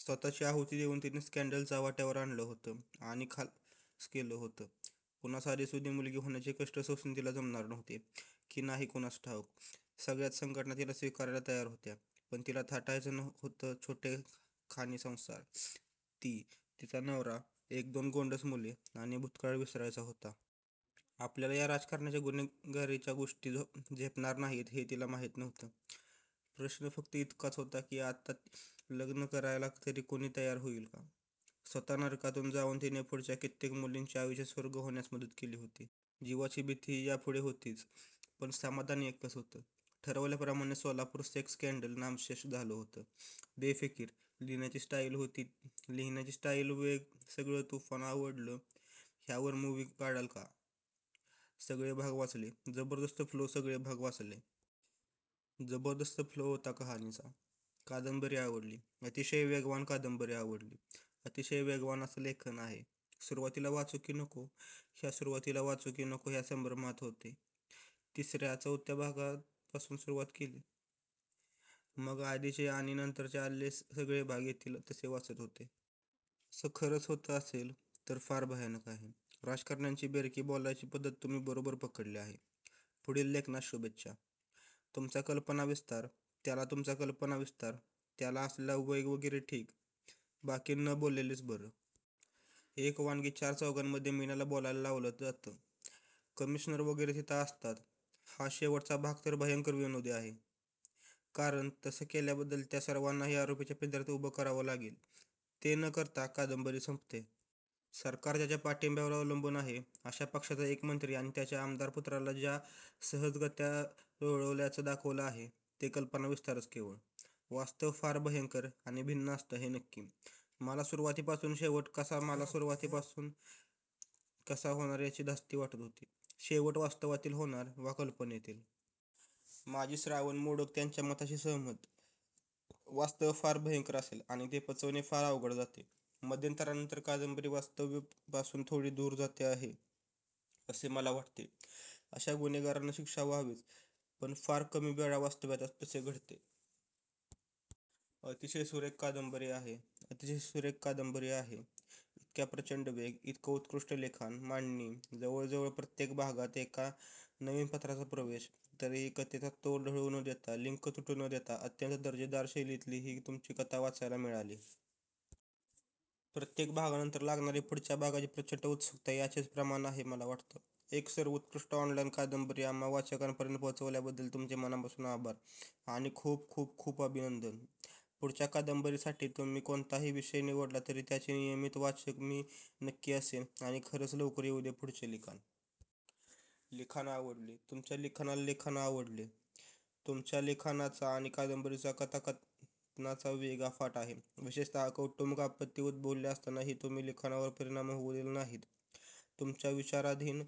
स्वत:ची आहुती देऊन तिने स्कॆंडल चव्हाट्यावर आणलं होतं. आणि खलास केलं होतं. पुन्हा साधीसुधी मुलगी होण्याचे कष्ट सोसणे तिला जमणार होतं. की नाही कुणास ठाऊक? सगळ्याच संघटना तिला स्वीकारायला तयार होत्या. पण तिला थाटायच होता छोटेखानी संसार, ती, तिचा नवरा, एक दोन गोंडस मुले, आणि भूतकाळ विसरायचा होता. आपल्याला या राजकारणाच्या, गुन्हेगारीच्या गोष्टी झेपणार नाहीत हे तिला माहीत नव्हतं. प्रश्न फ़क्त इतकाच होता की आता लग्न करायला तरी कुणी तयार होईल का??? स्वत: नरकातून जाऊन तिने पुढच्या कित्येक मुलींचे आयुष्य स्वर्ग होण्यास मदत केली होती. जीवाची भीतीही यापुढे होतीच! पण समाधान एकच होतं. ठरवल्याप्रमाणे सोलापूर सेक्स स्कॆंडल नामशेष झालं होतं! बेफिकीर, लिहिण्याची स्टाईल, लिहिण्याची स्टाईल, वेग सगळ तुफान आवडल. ह्यावर मुव्ही काढाल का?. सगळे भाग वाचले. जबरदस्त फ्लो सगळे भाग वाचले. जबरदस्त फ्लो होता कहाणीचा, कादंबरी आवडली. अतिशय वेगवान कादंबरी आवडली. अतिशय वेगवान असं लेखन आहे. सुरुवातीला वाचु की नको ह्या सुरुवातीला वाचु की नको ह्या संभ्रमात होते. तिसर्या-चौथ्या भागापासून सुरुवात केली. मग आधीचे आणि नंतर आलेले सगळे भाग येतील तसे वाचत होते. असं खरच होत असेल तर फार भयानक आहे. राजकारण्यांची बेरकी बोलायची पद्धत तुम्ही बरोबर पकडली आहे. पुढील लेखनास शुभेच्छा. तुमचा कल्पनाविस्तार, त्याला तुमचा कल्पनाविस्तार, त्याला असलेला वेग वगैरे ठीक. बाकी न बोललेलंच बरं! एक वानगी चार-चौघांमध्ये मीनाला बोलायला लावलं जातं, कमिशनर वगैरे तिथं असतात हा शेवटाचा भाग तर भयंकर विनोद आहे. कारण, तसं केल्याबद्दल त्या सर्वांनाही आरोपीच्या पिंजऱ्यात उभं करावं लागेल. ते न करता कादंबरी संपते. सरकार ज्याच्या पाठिंब्यावर अवलंबून आहे अशा पक्षाचा एक मंत्री आणि त्याच्या आमदार-पुत्राला ज्या सहजगत्या लोळवल्याचं दाखवलं आहे. तो कल्पनाविस्तारच केवळ. वास्तव फार भयंकर आणि भिन्न असतं हे नक्की. मला सुरवाती पासुन शेवट कसा मला सुरवाती पासुन शेवट कसा होणार याची धास्ती वाटत होती, शेवट वास्तवातील होणार वा कल्पनेतील. माझी श्रावण मोडक यांच्या मताशी सहमत. वास्तव फार भयंकर असेल आणि ते पचवणे फार अवघड जाते. मध्यंतरा नंतर कादंबरी वास्तव्या पासुन थोडी दुर जाते आहे. असे मला वाटते. अशा गुन्हेगारांना शिक्षा व्हावीच, पण फार कमी वेळा वास्तव्यात तसे घडते. अतिशय सुरेख कादंबरी आहे. अतिशय सुरेख कादंबरी आहे. इतक्या प्रचंड वेग, इतकं उत्कृष्ट लिखाण, मांडणी, जवळजवळ प्रत्येक भागात एका नवीन पात्राचा प्रवेश, तरीही कथेचा तोल ढळु न देता लिंक तुटू न देता अत्यंत दर्जेदार शैलीतली ही तुमची कथा वाचायला मिळाली. प्रत्येक भागानंतर लागणारी पुढच्या भागाची प्रचंड उत्सुकता याचेच प्रमाण आहे मला वाटतं. एक सर्वोत्कृष्ट ऑनलाईन कादंबरी आम्हा वाचकांपर्यंत पोचवल्याबद्दल तुमचे मनापासुन आभार आणि खुप खुप खुप अभिनंदन!!!! पुढच्या कादंबरीसाठी तुम्ही कोणताही विषय निवडला तरी त्याची नियमीत वाचक मी नक्की असेन आणि खरंच लवकर येऊदे पुढचे लिखाण. लिखाण आवडले. तुमच्या लिखाणाचा लिखाण आवडले. तुमच्या लिखाणाचा आणि कादंबरीच्या कथानकाचा वेग अफाट आहे. विशेषत: कौटुंबिक आपत्ती उद्भवलेली असताना ही तुम्ही लिखाणावर परिणाम होउ दिला नाहीत. तुमच्या विचाराधीन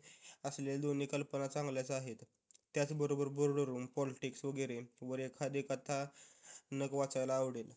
असलेले दोन्ही कल्पना चांगल्या आहेतच त्याच बरोबर बोर्ड रुम पॉलिटिक्स वगैरे वर एखादे कथानक वाचायला आवडेल.